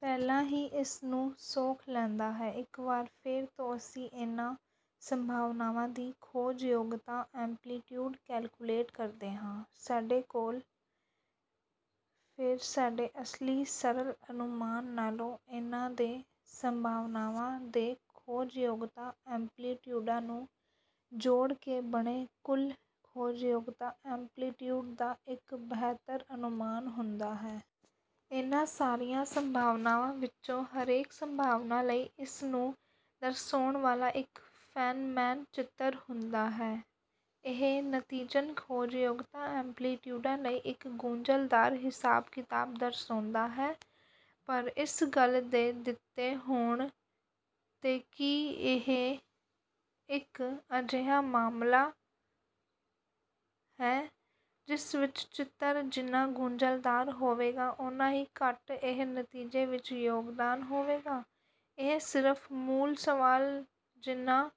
ਪਹਿਲਾਂ ਹੀ ਇਸ ਨੂੰ ਸੋਖ ਲੈਂਦਾ ਹੈ। ਇੱਕ ਵਾਰ ਫੇਰ ਤੋਂ ਅਸੀਂ ਇਹਨਾਂ ਸੰਭਾਵਨਾਵਾਂ ਦੀ ਖੋਜਯੋਗਤਾ ਐਂਪਲੀਟਿਊਡ ਕੈਲਕੁਲੇਟ ਕਰਦੇ ਹਾਂ। ਸਾਡੇ ਕੋਲ ਫੇਰ ਸਾਡੇ ਅਸਲੀ ਸਰਲ ਅਨੁਮਾਨ ਨਾਲੋਂ ਇਹਨਾਂ ਦੋ ਸੰਭਾਵਨਾਵਾਂ ਦੇ ਖੋਜਯੋਗਤਾ ਐਂਪਲੀਟਿਊਡਾਂ ਨੂੰ ਜੋੜ ਕੇ ਬਣੇ ਕੁੱਲ ਖੋਜਯੋਗਤਾ ਐਂਪਲੀਟਿਊਡ ਦਾ ਇੱਕ ਬੇਹਤਰ ਅਨੁਮਾਨ ਹੁੰਦਾ ਹੈ। ਇਹਨਾਂ ਸਾਰੀਆਂ ਸੰਭਾਵਨਾਵਾਂ ਵਿੱਚੋਂ ਹਰੇਕ ਸੰਭਾਵਨਾ ਲਈ ਇਸ ਨੂੰ ਦਰਸਾਉਣ ਵਾਲਾ ਇੱਕ ਫੇਨਮੈਨ ਚਿੱਤਰ ਹੁੰਦਾ ਹੈ। ਇਹ ਨਤੀਜਨ ਖੋਜਯੋਗਤਾ ਐਂਪਲੀਟਿਊਡਾਂ ਲਈ ਇੱਕ ਗੁੰਝਲਦਾਰ ਹਿਸਾਬ ਕਿਤਾਬ ਦਰਸਾਉਂਦਾ ਹੈ ਪਰ ਇਸ ਗੱਲ ਦੇ ਦਿੱਤੇ ਹੋਣ ਤੇ ਕਿ ਇਹ ਇੱਕ ਅਜਿਹਾ ਮਾਮਲਾ ਹੈ ਜਿਸ ਵਿੱਚ ਚਿੱਤਰ ਜਿੰਨਾ ਗੁੰਝਲਦਾਰ ਹੋਵੇਗਾ ਉੰਨਾ ਹੀ ਘੱਟ ਇਹ ਨਤੀਜੇ ਵਿੱਚ ਯੋਗਦਾਨ ਦੇਵੇਗਾ ਇਹ ਸਿਰਫ ਮੂਲ ਸਵਾਲ ਜਿੰਨਾ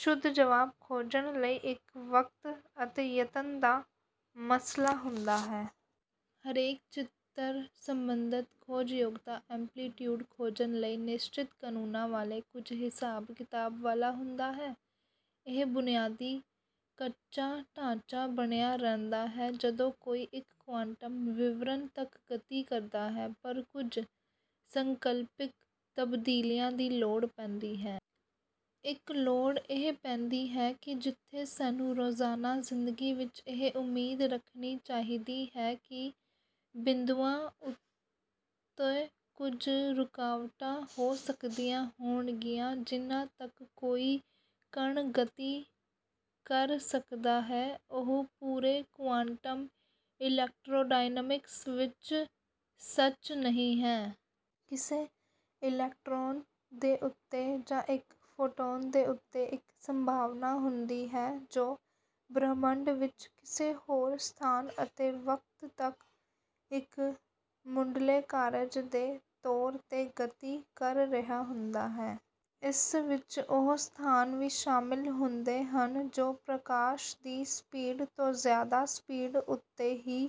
ਸ਼ੁੱਧ ਜਵਾਬ ਖੋਜਣ ਲਈ ਇੱਕ ਵਕਤ ਅਤੇ ਯਤਨ ਦਾ ਮਸਲਾ ਹੁੰਦਾ ਹੈ। ਹਰੇਕ ਚਿੱਤਰ ਸਬੰਧਤ ਖੋਜਯੋਗਤਾ ਐਂਪਲੀਟਿਊਡ ਖੋਜਣ ਲਈ ਨਿਸ਼ਚਿਤ ਕਨੂੰਨਾਂ ਵਾਲੇ ਕੁੱਝ ਹਿਸਾਬ ਕਿਤਾਬ ਵਾਲਾ ਹੁੰਦਾ ਹੈ। ਇਹ ਬੁਨਿਆਦੀ ਕੱਚਾ ਢਾਂਚਾ ਬਣਿਆ ਰਹਿੰਦਾ ਹੈ ਜਦੋਂ ਕੋਈ ਇੱਕ ਕੁਆਂਟਮ ਵਿਵਰਣ ਤੱਕ ਗਤੀ ਕਰਦਾ ਹੈ ਪਰ ਕੁੱਝ ਸੰਕਲਪਿਕ ਤਬਦੀਲੀਆਂ ਦੀ ਲੋੜ ਪੈਂਦੀ ਹੈ। ਇੱਕ ਲੋੜ ਇਹ ਪੈਂਦੀ ਹੈ ਕਿ ਜਿੱਥੇ ਸਾਨੂੰ ਰੋਜ਼ਾਨਾ ਜਿੰਦਗੀ ਵਿੱਚ ਇਹ ਉਮੀਦ ਰੱਖਣੀ ਚਾਹੀਦੀ ਹੈ ਕਿ ਬਿੰਦੂਆਂ ਉੱਤੇ ਕੁੱਝ ਰੁਕਾਵਟਾਂ ਹੋ ਸਕਦੀਆਂ ਹੋਣਗੀਆਂ ਜਿਹਨਾਂ ਤੱਕ ਕੋਈ ਕਣ ਗਤੀ ਕਰ ਸਕਦਾ ਹੈ ਇਹ ਪੂਰੇ ਕੁਆਂਟਮ ਇਲੈਕਟ੍ਰੋਡਾਇਨਾਮਿਕਸ ਵਿੱਚ ਸੱਚ ਨਹੀਂ ਹੈ। ਕਿਸੇ ਇਲੈਕਟ੍ਰੌਨ ਦੀ ਉੱਤੇ ਜਾਂ ਇੱਕ ਫੋਟੌਨ ਦੀ ਉੱਤੇ ਇੱਕ ਸੰਭਾਵਨਾ ਹੁੰਦੀ ਹੈ ਜੋ ਬ੍ਰਹਿਮੰਡ ਵਿੱਚ ਕਿਸੇ ਹੋਰ ਸਥਾਨ ਅਤੇ ਵਕਤ ਤੱਕ ਇੱਕ ਮੁਢਲੇ ਕਾਰਜ ਦੇ ਤੌਰ ਤੇ ਗਤੀ ਕਰ ਰਿਹਾ ਹੁੰਦਾ ਹੈ। ਇਸ ਵਿੱਚ ਉਹ ਸਥਾਨ ਵੀ ਸ਼ਾਮਿਲ ਹੁੰਦੇ ਹਨ ਜੋ ਪ੍ਰਕਾਸ਼ ਦੀ ਸਪੀਡ ਤੋਂ ਜਿਆਦਾ ਸਪੀਡ ਉੱਤੇ ਹੀ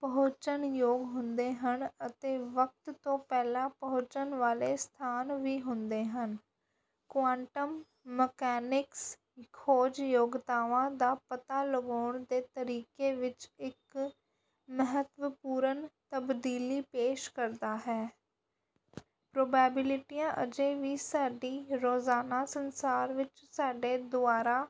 ਪਹੁੰਚਣਯੋਗ ਹੁੰਦੇ ਹਨ ਅਤੇ ਵਕਤ ਤੋਂ ਪਹਿਲਾਂ ਪਹੁੰਚਣ ਵਾਲੇ ਸਥਾਨ ਵੀ ਹੁੰਦੇ ਹਨ। ਕੁਆਂਟਮ ਮਕੈਨਿਕਸ ਖੋਜਯੋਗਤਾਵਾਂ ਦਾ ਪਤਾ ਲਗਾਉਣ ਦੇ ਤਰੀਕੇ ਵਿੱਚ ਇੱਕ ਮਹੱਤਵਪੂਰਨ ਤਬਦੀਲੀ ਪੇਸ਼ ਕਰਦਾ ਹੈ। ਪ੍ਰੋਬੇਬਿਲਟੀਆਂ ਅਜੇ ਵੀ ਸਾਡੀ ਰੋਜ਼ਾਨਾ ਸੰਸਾਰ ਵਿੱਚ ਸਾਡੇ ਦੁਆਰਾ